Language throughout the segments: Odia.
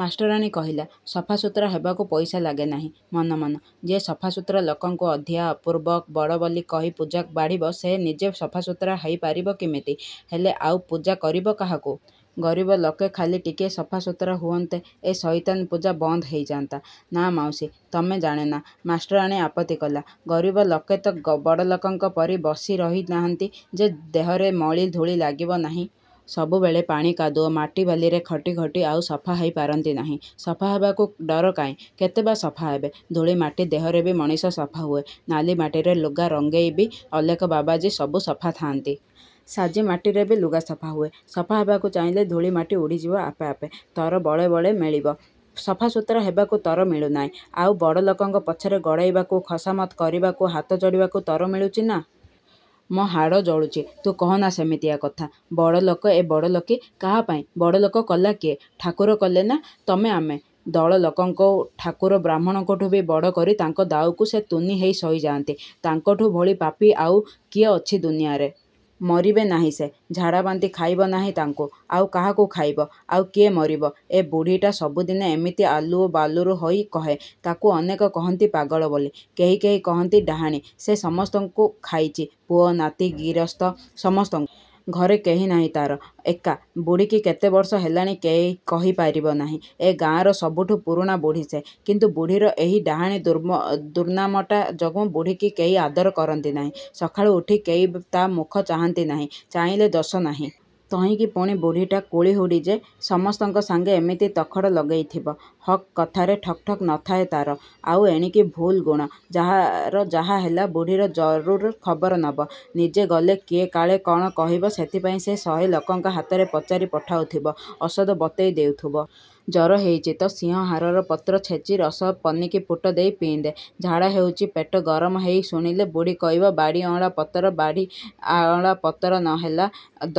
ମାଷ୍ଟରାଣୀ କହିଲା ସଫା ସୁତୁରା ହବାକୁ ପଇସା ଲାଗେ ନାହିଁ ମନ ମନ ଯିଏ ସଫା ସୁତୁରା ଲୋକଙ୍କୁ ଅଧିଆ, ଅପୂର୍ବ, ବଡ଼ ବୋଲି କହି ପୂଜା ବାଢ଼ିବ ସେ ନିଜେ ସଫା ସୁତୁରା ହେଇ ପାରିବ କେମିତି। ହେଲେ ଆଉ ପୂଜା କରିବ କାହାକୁ? ଗରିବ ଲୋକେ ଖାଲି ଟିକିଏ ସଫା ସୁତୁରା ହୁଅନ୍ତେ ଏ ସଇତାନ ପୂଜା ବନ୍ଦ ହେଇଯାନ୍ତା। ନା ମାଉସୀ, ତମେ ଜାଣିନା! ମାଷ୍ଟରାଣୀ ଆପତ୍ତି କଲା ଗରିବ ଲୋକେ ତ ବଡ଼ଲୋକଙ୍କ ପରି ବସି ରହି ନାହାନ୍ତି ଯେ ଦେହରେ ମଳି ଧୂଳି ଲାଗିବ ନାହିଁ। ସବୁବେଳେ ପାଣି କାଦୁଅ, ମାଟି ବାଲିରେ ଖଟି ଖଟି ଆଉ ସଫା ହେଇ ପାରନ୍ତି ନାହିଁ। ସଫା ହବାକୁ ଡର କାହିଁ? କେତେ ବା ସଫା ହେବେ? ଧୂଳି ମାଟି ଦେହରେ ବି ମଣିଷ ସଫା ହୁଏ। ନାଲିମାଟିରେ ଲୁଗା ରଙ୍ଗେଇବି ଅଲେଖ ବାବାଜି ସବୁ ସଫା ଥାଆନ୍ତି। ସାଜି ମାଟିରେବି ଲୁଗା ସଫା ହୁଏ। ସଫା ହବାକୁ ଚାହିଲେ ଧୂଳି ମାଟି ଉଡ଼ି ଯିବ ଆପେ ଆପେ। ତର ବଳେ ବଳେ ମିଳିବ। ସଫା ସୁତୁରା ହେବାକୁ ତର ମିଳୁ ନାହିଁ, ଆଉ ବଡ଼ଲୋକଙ୍କ ପଛରେ ଗୋଡ଼େଇବାକୁ, ଖୋସାମତ୍ କରିବାକୁ, ହାତ ଯୋଡ଼ିବାକୁ ତର ମିଳୁଚି ନା? ମୋ ହାଡ଼ ଜଳୁଚିତୁ କହନା ସେମିତିଆ କଥା। ବଡ଼ଲୋକ ଏ ବଡ଼ଲୋକୀ। କାହାପାଇଁ ବଡ଼ଲୋକ କଲା କିଏ? ଠାକୁର କଲେନା, ତମେ ଆମେ? ଦଳେ ଲୋକଙ୍କୁ ଠାକୁର ବାହ୍ମୁଣଙ୍କଠୁବି ବଡ଼ କରି ତାଙ୍କ ଦାଉକୁ ଯେ ତୁନି ହେଇ ସହି ଯାଆନ୍ତି ତାଙ୍କଠୁ ବଳି ପାପୀ ଆଉ କିଏ ଅଛି ଦୁନିଆରେ? ମରିବେ ନାହିଁ ସେ? ଝାଡ଼ାବାନ୍ତି ଖାଇବ ନାହିଁ ତାଙ୍କୁ ଆଉ କାହାକୁ ଖାଇବ? ଆଉ କିଏ ମରିବ? ଏ ବୁଢ଼ୀଟା ସବୁଦିନେ ଏମିତି ଆଲୁରୁ ବାଲୁରୁ ହୋଇ କହେ। ତାକୁ ଅନେକ କହନ୍ତି ପାଗଳି ବୋଲି। କେହି କେହି କହନ୍ତି ଡାହାଣୀ। ସେ ସମସ୍ତଙ୍କୁ ଖାଇଚି ପୁଅ ନାତି ଗିରସ୍ତ ସମସ୍ତଙ୍କୁ। ଘରେ କେହି ନାହିଁ ତାର ଏକା। ବୁଢ଼ୀକି କେତେ ବର୍ଷ ହେଲାଣି କେହି କହି ପାରିବ ନାହିଁ। ଏ ଗାଁର ସବୁଠୁ ପୁରୁଣା ବୁଢ଼ୀ ସେ। କିନ୍ତୁ ବୁଢ଼ୀର ଏହି ଡାହାଣୀ ଦୁର୍ନାମଟା ଯୋଗୁଁ ବୁଢ଼ୀକି କେହି ଆଦର କରନ୍ତି ନାହିଁ। ସକାଳୁ ଉଠି କେହି ତା ମୁହଁ ଚାହାଁନ୍ତି ନାହିଁ ଚାହିଁଲେ ଯଶ ନାହିଁ। ତହିଁକି ପୁଣି ବୁଢ଼ୀଟା କଳିହୁଡ଼ି ଯେ ସମସ୍ତଙ୍କ ସାଙ୍ଗେ ଏମିତି ତୋଖଡ଼ ଲଗେଇଥିବ। ହକ୍ କଥାରେ ଠକ ଠକ ନ ଥାଏ ତାର। ଆଉ ଏତିକି ଭଲ ଗୁଣ, ଯାହାର ଯାହା ହେଲା ବୁଢ଼ୀ ଜରୁର୍ ଖବର ନବ। ନିଜେ ଗଲେ କିଏ କାଳେ କଣ କହିବ, ସେଥିପାଇଁ ସେ ଶହେ ଲୋକଙ୍କ ହାତରେ ପଚାରି ପଠଉଥିବ ଓଷଦ ବତେଇ ଦେଉଥିବ। ଜର ହେଇଚି ତ ସିଂହାରହାର ପତ୍ର ଛେଚି ରସରେ ପନିକି ପୁଟ ଦେଇ ପେଇଦେ। ଝାଡ଼ା ହେଉଚି ପେଟ ଗରମ ହେଇ ଶୁଣିଲେ ବୁଢ଼ୀ କହିବ ବାଡ଼ିଅଁଳା ପତର ବାଡ଼ିଅଁଳା ପତର ନ ହେଲା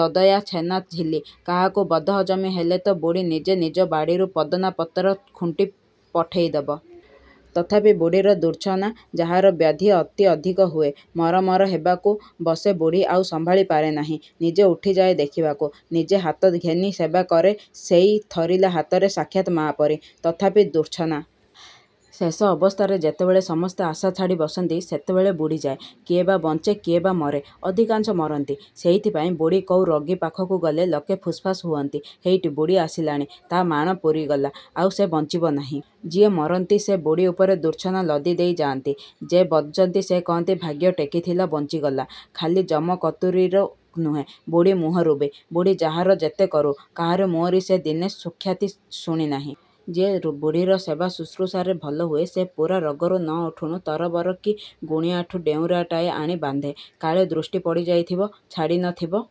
ଦଦୟା ଛେନାଝିଲ୍ଲି । କାହାକୁ ବଦହଜମି ହେଲା ତ ବୁଢ଼ୀ ନିଜେ ନିଜ ବାଡ଼ିରୁ ପୋଦନା ପତର ଖୁଣ୍ଟି ପଠେଇ ଦବ। ତଥାପି ବୁଢ଼ୀର ଦୁର୍ଚ୍ଛନା। ଯାହାର ବ୍ୟାଧି ଅତି ଅଧିକ ହୁଏ ମର ମର ହେବାକୁ ବସେ ବୁଢ଼ୀ ଆଉ ସମ୍ଭାଳି ପାରେ ନାହିଁ। ନିଜେ ଉଠିଯାଏ ଦେଖିବାକୁ। ନିଜେ ହାତ ଘେନି ସେବା କରେ ସେଇ ଥରିଲା ହାତରେ ସାକ୍ଷାତ ମା ପରି। ତଥାପି ଦୁର୍ଚ୍ଛନା। ଶେଷ ଅବସ୍ଥାରେ ଯେତେବେଳେ ସମସ୍ତେ ଆଶା ଛାଡ଼ି ବସନ୍ତି ସେତେବେଳେ ବୁଢ଼ୀ ଯାଏଁ। କିଏ ବା ବଞ୍ଚେ କିଏ ବା ମରେ ଅଧିକାଂଶ ମରନ୍ତି। ସେଥିପାଇଁ ବୁଢ଼ୀ କୋଉ ରୋଗୀ ପାଖକୁ ଗଲେ ଲୋକେ ଫୁସ୍ଫାସ୍ ହୁଅନ୍ତି ହେଇଟି ବୁଢ଼ୀ ଆସିଲାଣି। ତା' ମାଣ ପୂରିଗଲା, ଆଉ ସେ ବଞ୍ଚିବ ନାହିଁ। ଯିଏ ମରନ୍ତି ସେ ବୁଢ଼ୀ ଉପରେ ଦୁର୍ଚ୍ଛନା ଲଦି ଦେଇ ଯାଆନ୍ତି। ଯେ ବଞ୍ଚନ୍ତି, ସେ କହନ୍ତି ଭାଗ୍ୟ ଟେକି ଥିଲା ବଞ୍ଚିଗଲା। ଖାଲି ଯମ କତୁରୀରୁ ନୁହେଁ, ବୁଢ଼ୀ ମୁହଁରୁବି। ବୁଢ଼ୀ ଯାହାର ଯେତେ କରୁ, କାହାର ମୁହଁରୁ ସେ ଦିନେ ସୁଖ୍ୟାତି ଶୁଣି ନାହିଁ। ଯିଏ ବୁଢ଼ୀର ସେବା ଶୁଶ୍ରୂଷାରେ ଭଲ ହୁଏ ସେ ପୂରା ରୋଗରୁ ନ ଉଠୁଣୁ ତରବର କି ଗୁଣିଆଠୁ ଡେଉଁରିଆଟାଏ ଆଣି ବାନ୍ଧେ। କାଳେ ଦୃଷ୍ଟି ପଡ଼ି ଯାଇଥିବ ଛାଡ଼ି ନ ଥିବ।